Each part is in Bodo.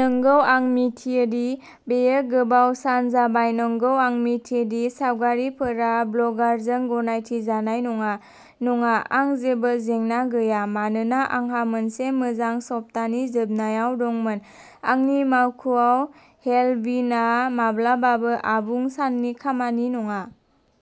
नंगौ, आं मिथियो दि बेयो गोबाव सान जाबाय। नंगौ, आं मिथियो दि सावगारिफोरा ब्लगारजों गनायथि जानाय नङा। नङा, आं जेबो जेंना गैया मानोना आंहा मोनसे मोजां सप्तानि जोबनायाव दंमोन आंनि मावख'आव हेल'विनआ माब्लाबाबो आबुं साननि खामानि नङा।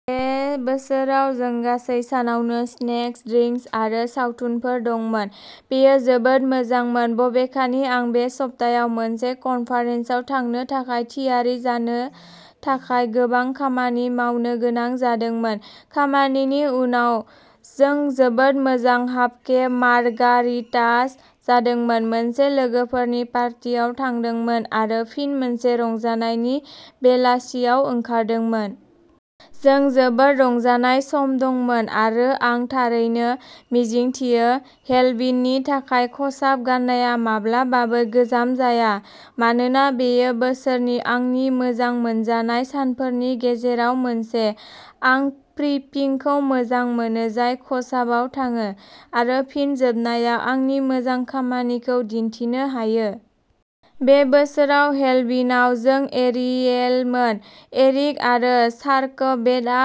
बे बोसोराव जों गासै सानावनो स्नेक्स, ड्रिंक्स आरो सावथुनफोर दंमोन। बेयो जोबोद मोजांमोन, बबेखानि, आं बे सप्तायाव मोनसे कन्फारेन्सआव थांनो थाखाय थियारि जानो थाखाय गोबां खामानि मावनो गोनां जादोंमोन। खामानिनि उनाव, जों जोबोद मोजां हाबकेप मार्गारिटास जादोंमोन, मोनसे लोगोफोरनि पार्टियाव थांदोंमोन आरो फिन मोनसे रंजानायनि बेलासियाव ओंखारदोंमोन। जों जोबोद रंजानाय सम दंमोन, आरो आं थारैनो मिजिंथियो हेल'विननि थाखाय खसाब गान्नाया माब्लाबाबो गोजाम जाया, मानोना बेयो बोसोरनि आंनि मोजां मोनजानाय सानफोरनि गेजेराव मोनसे। आं प्रिपिंखौ मोजां मोनो जाय खसाबआव थाङो, आरो फिन जोबनायाव आंनि मोजां खामानिखौ दिन्थिनो हायो। बे बोसोराव हेल'विनआव जों एरियेलमोन, एरिक, आरो शार्कबेटआ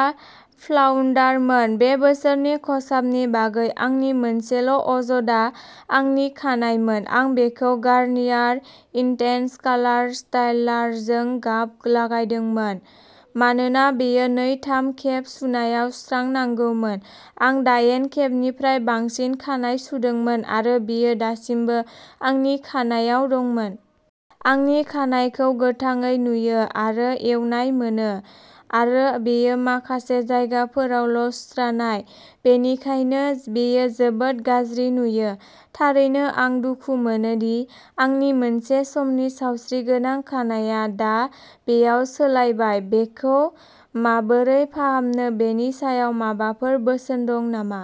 फ्लाउन्डारमोन। बे बोसोरनि खसाबनि बागै आंनि मोनसेल' अजदआ आंनि खानाइमोन। आं बेखौ गार्नियार इन्टेन्स कालार स्टाइलारजों गाब लागायदोंमोन मानोना बेयो नै-थाम खेब सुनायाव सुस्रानांगौमोन। आं दायेन खेबनिफ्राय बांसिन खानाइ सुदोंमोन आरो बेयो दासिमबो आंनि खानाइआव दं। आंनि खानाइखौ गोथाङै नुयो आरो एवनाय मोनो, आरो बेयो माखासे जायगाफोरावल' सुस्रानाय, बेनिखायनो बेयो जोबोद गाज्रि नुयो। थारैनो आं दुखु मोनो दि आंनि मोनसे समनि सावस्रिगोनां खानाइया दा बेयाव सोलायबाय। बेखौ माबोरै फाहामनो बेनि सायाव माबाफोर बोसोन दं नामा?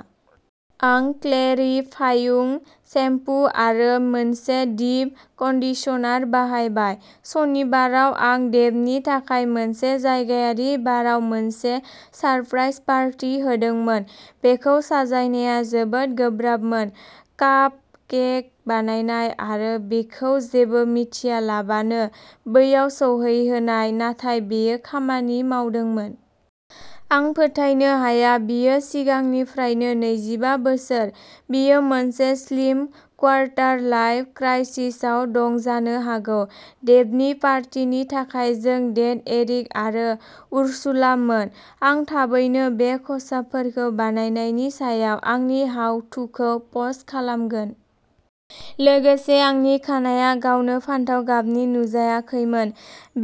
आं क्लेरिफाइं सेम्पु आरो मोनसे डीप कन्डिशनार बाहायबाय। सनिबाराव, आं डेभनि थाखाय मोनसे जायगायारि बारआव मोनसे सारप्राइज पार्टी होदोंमोन। बेखौ साजायनाया जोबोद गोब्राबमोन, कापकेक बानायनाय, आरो बिखौ जेबो मिथियालाबानो बैयाव सौहैहोनाय, नाथाय बेयो खामानि मावदोंमोन। आं फोथायनो हाया बियो सिगांनिफ्रायनो नैजिबा बोसोर, बियो मोनसे स्लिम क्वार्टार-लाइफ क्राइसिसआव दं जानो हागौ। डेभनि पार्टिनि थाखाय जों डेड एरिक आरो उर्सुला मोन। आं थाबैनो बे खसाबफोरखौ बानायनायनि सायाव आंनि हाउ-थुखौ पस्ट खालामगोन। लोगोसे, आंनि खानाया गावनो फान्थाव गाबनि नुजायाखैमोन,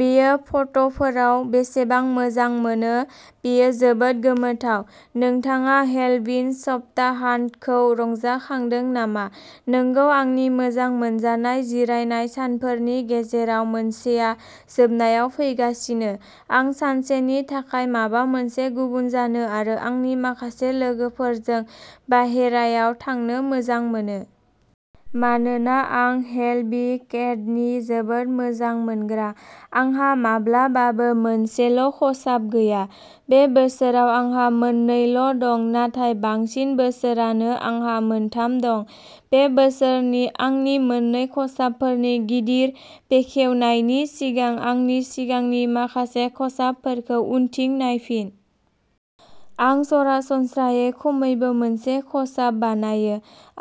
बेयो फट'फोराव बेसेबां मोजांमोनो बेयो जोबोद गोमोथाव। नोंथाङा हेल'विन सप्ताहान्तखौ रंजाखांदों नामा? नंगौ आंनि मोजां मोनजानाय जिरायनाय सानफोरनि गेजेराव मोनसेआ जोबनायाव फैगासिनो। आं सानसे नि थाखाय माबा मोनसे गुबुन जानो आरो आंनि माखासे लोगोफोरजों बाहेरायाव थांनो मोजां मोनो। मानोना आं हेलबिकेडनि जोबोद मोजां मोनग्रा, आंहा माब्लाबाबो मोनसेल' खसाब गैया। बे बोसोराव आंहा मोन नै ल' दं नाथाय बांसिन बोसोरानो आंहा मोनथाम दं। बे बोसोरनि आंनि मोन्नै खसाबफोरनि गिदिर बेखेवनायनि सिगां, आंनि सिगांनि माखासे खसाबफोरखौ उनथिं नायफिन। आं सरासनस्रायै खमैबो मोनसे खसाब बानायो,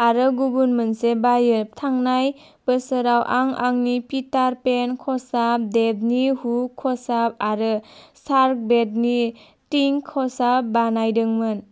आरो गुबुन मोनसे बायो। थांनाय बोसोराव, आं आंनि पिटार पेन खसाब, डेभनि हुक खसाब, आरो शार्कबेटनि टिंक खसाब बानायदोंमोन।